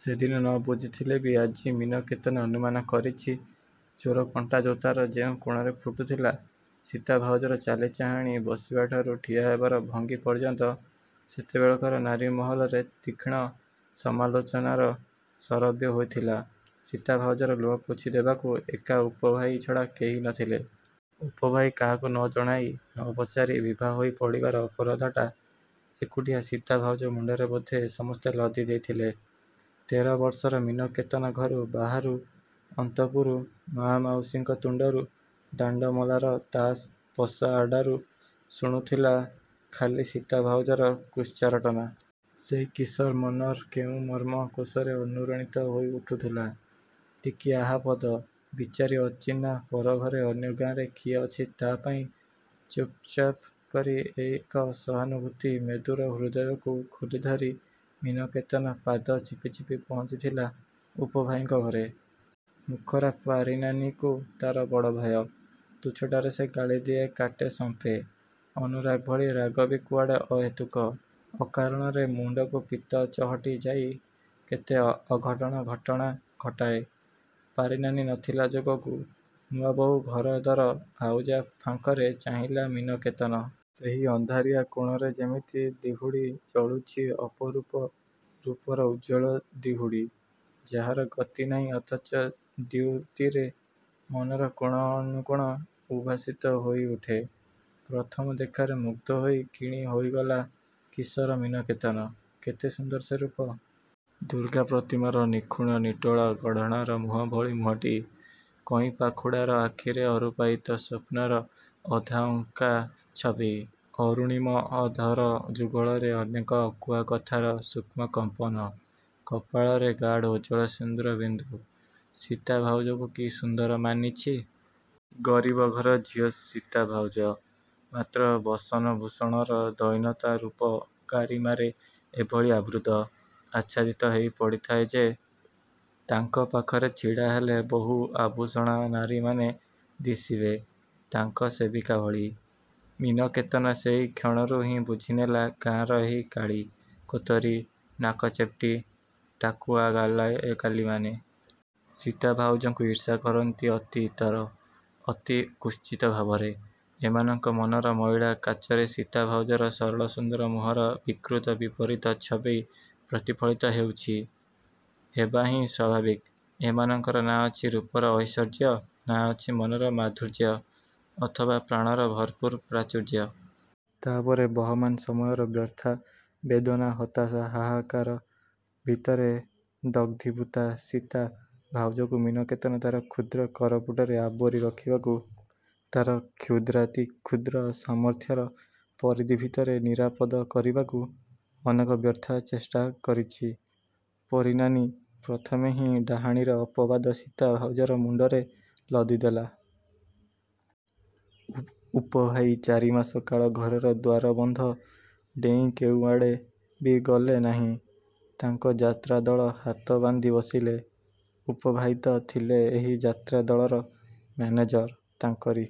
ସେଦିନ ନ ବୁଝିଥିଲେ ବି ଆଜି ମୀନକେତନ ଅନୁମାନ କରିଛି ଚୋର କଣ୍ଟା ଯୋତାର ଯେଉଁ କୋଣରେ ଫୁଟୁଥିଲା। ସୀତା ଭାଉଜର ଚାଲି ଚାହାଁଣୀ, ବସିବା ଠାରୁ ଠିଆ ହେବାର ଭଙ୍ଗି ପର୍ଯ୍ୟନ୍ତ ସେତେବେଳକାର ନାରୀ ମହଲରେ ତୀକ୍ଷ୍ଣ ସମାଲୋଚନାର ଶରବ୍ୟ ହୋଇଥିଲା। ସୀତା ଭାଉଜର ଲୁହ ପୋଛି ଦେବାକୁ ଏକା ଉପଭାଇ ଛଡ଼ା କେହି ନଥିଲେ। ଉପଭାଇ କାହାକୁ ନ ଜଣାଇ, ନପଚାରି ବିଭା ହୋଇ ପଡ଼ିବାର ଅପରାଧଟା ଏକୁଟିଆ ସୀତା ଭାଉଜ ମୁଣ୍ଡରେ ବୋଧେ ସମସ୍ତେ ଲଦି ଦେଇଥିଲେ। ତେର ବର୍ଷର ମୀନ କେତନ ଘରୁ, ବାହାରୁ, ଅନ୍ତଃପୁରୁ, ମା'ମାଉସୀଙ୍କ ତୁଣ୍ଡରୁ, ଦାଣ୍ଡ ମେଲାର ତାଶ, ପଶା ଆଡ଼୍ଡ଼ାରୁ ଶୁଣୁଥିଲା ଖାଲି ସୀତା ଭାଉଜର କୁତ୍ସାରଟନା। ସେଇ କିଶୋର ମନର କେଉଁ ମର୍ମ କୋଷରେ ଅନୁରଣିତ ହୋଇ ଉଠୁଥିଲା ଟିକିଏ ଆହା ପଦ...। ବିଚାରି ଅଚିହ୍ନା ପରଘରେ ଅନ୍ୟଗାଁରେ କିଏ ଅଛି ତା' ପାଇଁ। ଚୁପ୍ଚୁପ୍ କରି ଏକ ସହାନୁଭୂତି ମେଦୁର ହୃଦୟକୁ ଖୋଲିଧରି ମୀନକେତନ ପାଦ ଚିପି ଚିପି ପହଞ୍ଚିଥିଲା ଉପଭାଇଙ୍କ ଘରେ। ମୁଖରା ପାରିନାନୀକୁ ତା'ର ବଡ଼ଭୟ। ତୁଚ୍ଛଟାରେ ସେ ଗାଳି ଦିଏ କାଟେ ସମ୍ପେ। ଅନୁରାଗ ଭଳି ରାଗ ବି କୁଆଡ଼େ ଅହେତୁକ। ଅକାରଣରେ ମୁଣ୍ଡକୁ ପିତ୍ତ ଚହଟି ଯାଇ କେତେ ଅଘଟଣ ଘଟଣା ଘଟାଏ। ପାରିନାନୀ ନଥିଲା ଯୋଗକୁ। ନୂଆବୋହୂ ଘର ଦର ଆଉଜା ଫାଙ୍କରେ ଚାହିଁଲା ମୀନକେତନ। ସେହି ଅନ୍ଧାରିଆ କୋଣରେ ଯେମିତି ଦିହୁଡ଼ି, ଜଳୁଛି ଅପରୂପ ରୂପର ଉଜ୍ଜ୍ୱଳ ଦିହୁଡ଼ି। ଯାହାର ଗତି ନାହିଁ ଅଥଚ ଦ୍ୟୁତିରେ ମନର କୋଣ ଅନୁକୋଣ ଉଦ୍ଭାସିତ ହୋଇ ଉଠେ। ପ୍ରଥମ ଦେଖାରେ ମୁଗ୍ଧ ହୋଇ କିଣି ହୋଇଗଲା କିଶୋର ମୀନକେତନ। କେତେ ସୁନ୍ଦର ସେ ରୂପ। ଦୁର୍ଗା ପ୍ରତିମାର ନିଖୁଣ ନିଟୋଳ ଗଢ଼ଣର ମୁହଁ ଭଳି ମୁହଁଟି। କଇଁ ପାଖୁଡ଼ାର ଆଖିରେ ଅରୂପାୟିତ ସ୍ୱପ୍ନର ଅଧା ଅଙ୍କା ଛବି। ଅରୁଣିମ ଅଧର ଯୁଗଳରେ ଅନେକ ଅକୁହା କଥାର ସୂକ୍ଷ୍ମ କମ୍ପନ। କପାଳରେ ଗାଢ଼ ଉଜ୍ଜ୍ୱଳ ସିନ୍ଦୁର ବିନ୍ଦୁ। ସୀତା ଭାଉଜକୁ କି ସୁନ୍ଦର ମାନିଛି। ଗରିବ ଘର ଝିଅ ସୀତା ଭାଉଜ। ମାତ୍ର ବସନ ଭୂଷଣର ଦୈନ୍ୟତା ରୂପ ଗାରିମାରେ ଏଭଳି ଆବୃତ, ଆଚ୍ଛାଦିତ ହେଇ ପଡ଼ିଥାଏ ଯେ, ତାଙ୍କ ପାଖରେ ଛିଡ଼ା ହେଲେ ବହୁ ଆଭୂଷଣାନାରୀମାନେ ଦିଶିବେ ତାଙ୍କ ସେବିକା ଭଳି। ମୀନକେତନ ସେହି କ୍ଷଣରୁ ହିଁ ବୁଝିନେଲା ଗାଁର ଏହି କାଳି, କୋତରୀ, ନାକଚେପ୍ଟୀ, ଟାକୁଆଗାଲିମାନେ। ସୀତା ଭାଉଜଙ୍କୁ ଈର୍ଷା କରନ୍ତି ଅତି ଇତର, ଅତି କୁତ୍ସିତ ଭାବରେ। ଏମାନଙ୍କ ମନର ମଇଳା କାଚରେ ସୀତା ଭାଉଜର ସରଳ ସୁନ୍ଦର ମୁହଁର ବିକୃତ ବିପରୀତ ଛବି ପ୍ରତିଫଳିତ ହେଉଛି। ହେବାହିଁ ସ୍ୱାଭାବିକ। ଏମାନଙ୍କର ନା ଅଛି ରୂପର ଐଶ୍ୱର୍ଯ୍ୟ, ନା ଅଛି ମନର ମାଧୁର୍ଯ୍ୟ ଅଥବା ପ୍ରାଣର ଭରପୁର ପ୍ରାଚୁର୍ଯ୍ୟ। ତା'ପରେ ବହମାନ ସମୟର ବ୍ୟଥା, ବେଦନା, ହତାଶା, ହା-ହା-କାର ଭିତରେ ଦଗ୍ଧୀଭୂତା ସୀତା ଭାଉଜକୁ ମୀନକେତନ ତା'ର କ୍ଷୁଦ୍ର କରପୁଟରେ ଆବୋରି ରଖିବାକୁ ତା'ର କ୍ଷୁଦ୍ରାତିକ୍ଷୁଦ୍ର ସାମର୍ଥ୍ୟର ପରିଧି ଭିତରେ ନିରାପଦ କିରବାକୁ ଅନେକ ବ୍ୟଥା ଚେଷ୍ଟା କରିଛି। ପାରିନାନୀ ପ୍ରଥମେ ହିଁ ଡାହାଣୀର ଅପବାଦ ସୀତା ଭାଉଜର ମୁଣ୍ଡରେ ଲଦିଥିଲା। ଉପଭାଇ ଚାରିମାସ କାଳ ଘରର ଦ୍ୱାର ବନ୍ଧ ଡେଇଁ କେଉଁ ଆଡ଼େ ବି ଗଲେ ନାହିଁ। ତାଙ୍କ ଯାତ୍ରାଦଳ ହାତ ବାନ୍ଧି ବସିଲେ। ଉପଭାଇତ ଥିଲେ ଏହି ଯାତ୍ରା ଦଳର ମ୍ୟାନେଜର। ତାଙ୍କରି